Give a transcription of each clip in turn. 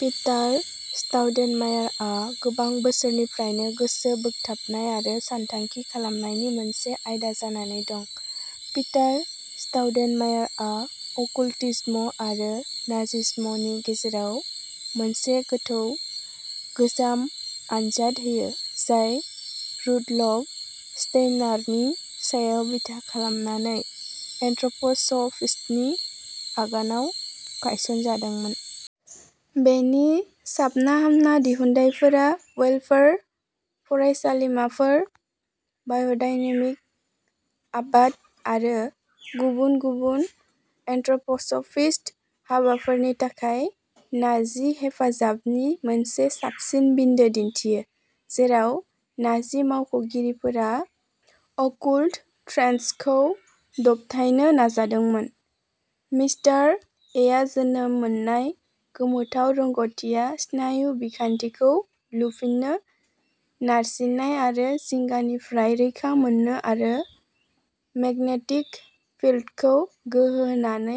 Peter स्टाउडेनमायारआ गोबां बोसोरनिफ्रायनो गोसो बोगथाबनाय आरो सानथांखि खालामनायनि मोनसे आयदा जानानै दं। पिटार स्टाउडेनमायारआ अकुल्टिज्म आरो नाजिज्मनि गेजेराव मोनसे गोथौ गोजाम आनजाद होयो, जाय रुडलफ स्टेइनारनि सायाव बिथा खालामनानै एन्थ्रप'स'फिस्टनि आगानआव गायसनजादोंमोन। बेनि साबना-हामना दिहुनथायफोरा वाल्डर्फ फरायसालिमाफोर, बाय'डायनेमिक आबाद आरो गुबुन गुबुन एन्थ्रप'स'फिस्ट हाबाफोरनि थाखाय नाजि हेफाजाबनि मोनसे साबसिन बिन्दो दिन्थियो, जेराव नाजि मावख'गिरिफोरा अकुल्ट ट्रेन्ड्सखौ दबथायनो नाजादोंमोन। मिस्टार एआ जोनोम मोननाय गोमोथाव रोंग'थिआ स्नायु बिखान्थिखौ लुफिननो, नारसिननाय आरो जिंगानिफ्राय रैखा मोननो आरो मेगनेटिक फिल्डखौ गोहो होनानै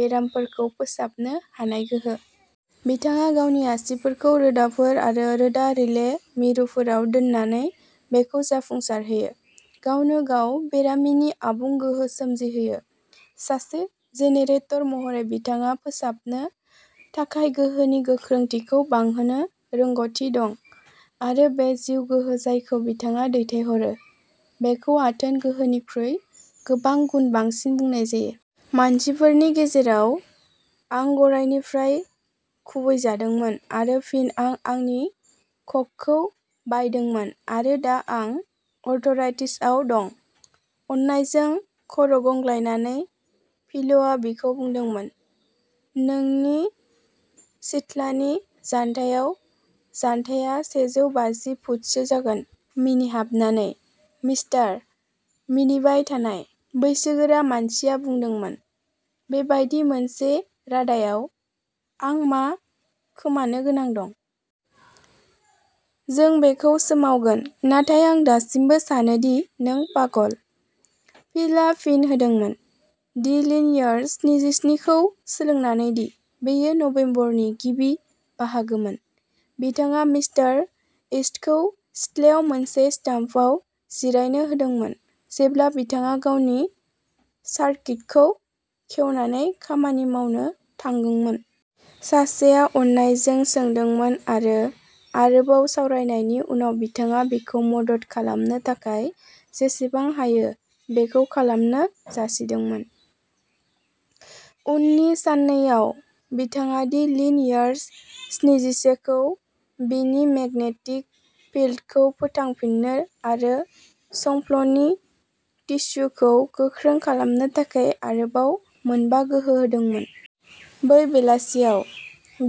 बेरामफोरखौ फोसाबनो हानाय गोहो। बिथाङा गावनि आसिफोरखौ रोदाफोर आरो रोदा रिले मिरुफोराव दोननानै बेखौ जाफुंसारहोयो, गावनो-गाव बेरामिनि आबुं गोहो सोमजिहोयो। सासे जेनेरेटर महरै बिथाङा फोसाबनो थाखाय गोहोनि गोख्रोंथिखौ बांहोनो रोंग'थि दं आरो बे जिउ गोहो जायखौ बिथाङा दैथायहरो, बेखौ आथोन गोहोनिख्रुइ गोबां गुन बांसिन बुंनाय जायो। मानसिफोरनि गेजेराव। आं गरायनिफ्राय खुबैजादोंमोन आरो फिन आं आंनि खख'खौ बायदोंमोन आरो दा आं आर्थराइटिसआव दं। "अननायजों खर'गंग्लायनानै, फिलआ बिखौ बुंदोंमोन," नोंनि सिथ्लानि जान्थायाव जान्थाया सेजौ बाजि फुटसो जागोन। "मिनिहाबनानै, मिस्टार" मिनिबाय थानाय, बैसोगोरा मानसिया बुंदोंमोन, "बेबादि मोनसे रादायाव, आं मा खोमानो गोनां दं? जों बेखौ सोमावगोन, नाथाय आं दासिमबो सानो दि नों पागल।" फिलआ फिन होदोंमोन। "दि लीन इयार्स स्निजिस्नि खौ सोलोंनानै दि बेयो नबेम्बरनि गिबि बाहागोमोन, बिथाङा मिस्टार ईस्टखौ सिथ्लायाव मोनसे स्टाम्पआव जिरायनो होदोंमोन जेब्ला बिथाङा गावनि सार्किटखौ खेवनो खामानि मावनो थांगोंमोन। सासेया अननायजों सोंदोंमोन आरो आरोबाव सावरायनायनि उनाव बिथाङा बिखौ मदद खालामनो थाखाय जेसेबां हायो बेखौ खालामनो जासिदोंमोन।" उननि साननैआव बिथाङा दि लीन इयार्स स्निजिसे खौ बिनि मेगनेटिक फिल्डखौ फोथांफिन्नो आरो संफ्लनि टिस्युखौ गोख्रों खालामनो थाखाय आरोबाव मोनबा गोहो होदोंमोन। बै बेलासियाव।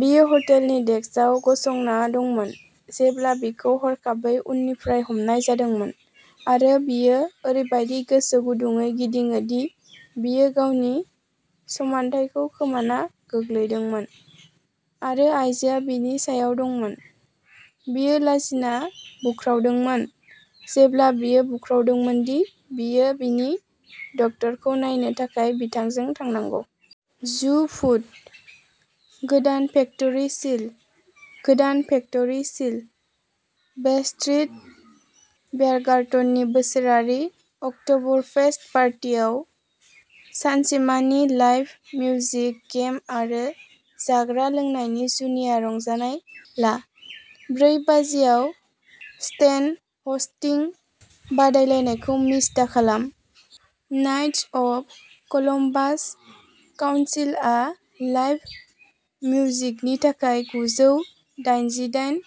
बियो हटेलनि डेस्कआव गसंना दंमोन जेब्ला बिखौ हरखाबै उननिफ्राय हमनाय जादोंमोन आरो बियो ओरैबादि गोसो गुदुंयै गिदिङो दि बियो गावनि समान्थायखौ खोमाना गोग्लैदोंमोन, आरो आयजोआ बिनि सायाव दंमोन। "बियो लाजिना बुख्रावदोंमोन, जेब्ला बियो बुख्रावदोंमोन दि बियो बिनि डक्टरखौ नायनो थाखाय बिथांजों थांनांगौ। जु फुट। गोदान फेक्टरि सिल। गोदान फेक्टरि सिल। बेस्ट्रिट बियारगार्टननि बोसोरारि अकट'बरफेस्ट पार्टियाव सानसेमानि लाइभ मिउजिक, गेम आरो जाग्रा लोंनायनि जुनिया रंजानाय ला। ब्रै बाजियाव स्टेन ह'स्टिं बादायलायनायखौ मिस दाखालाम। नाइट्स अफ कलम्बास काउन्सिल आ लाइभ मिउजिकनि थाखाय गुजौ दाइजिदाइन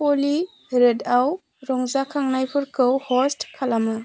फ'लि रोडआव रंजाखांनायफोरखौ ह'स्ट खालामो।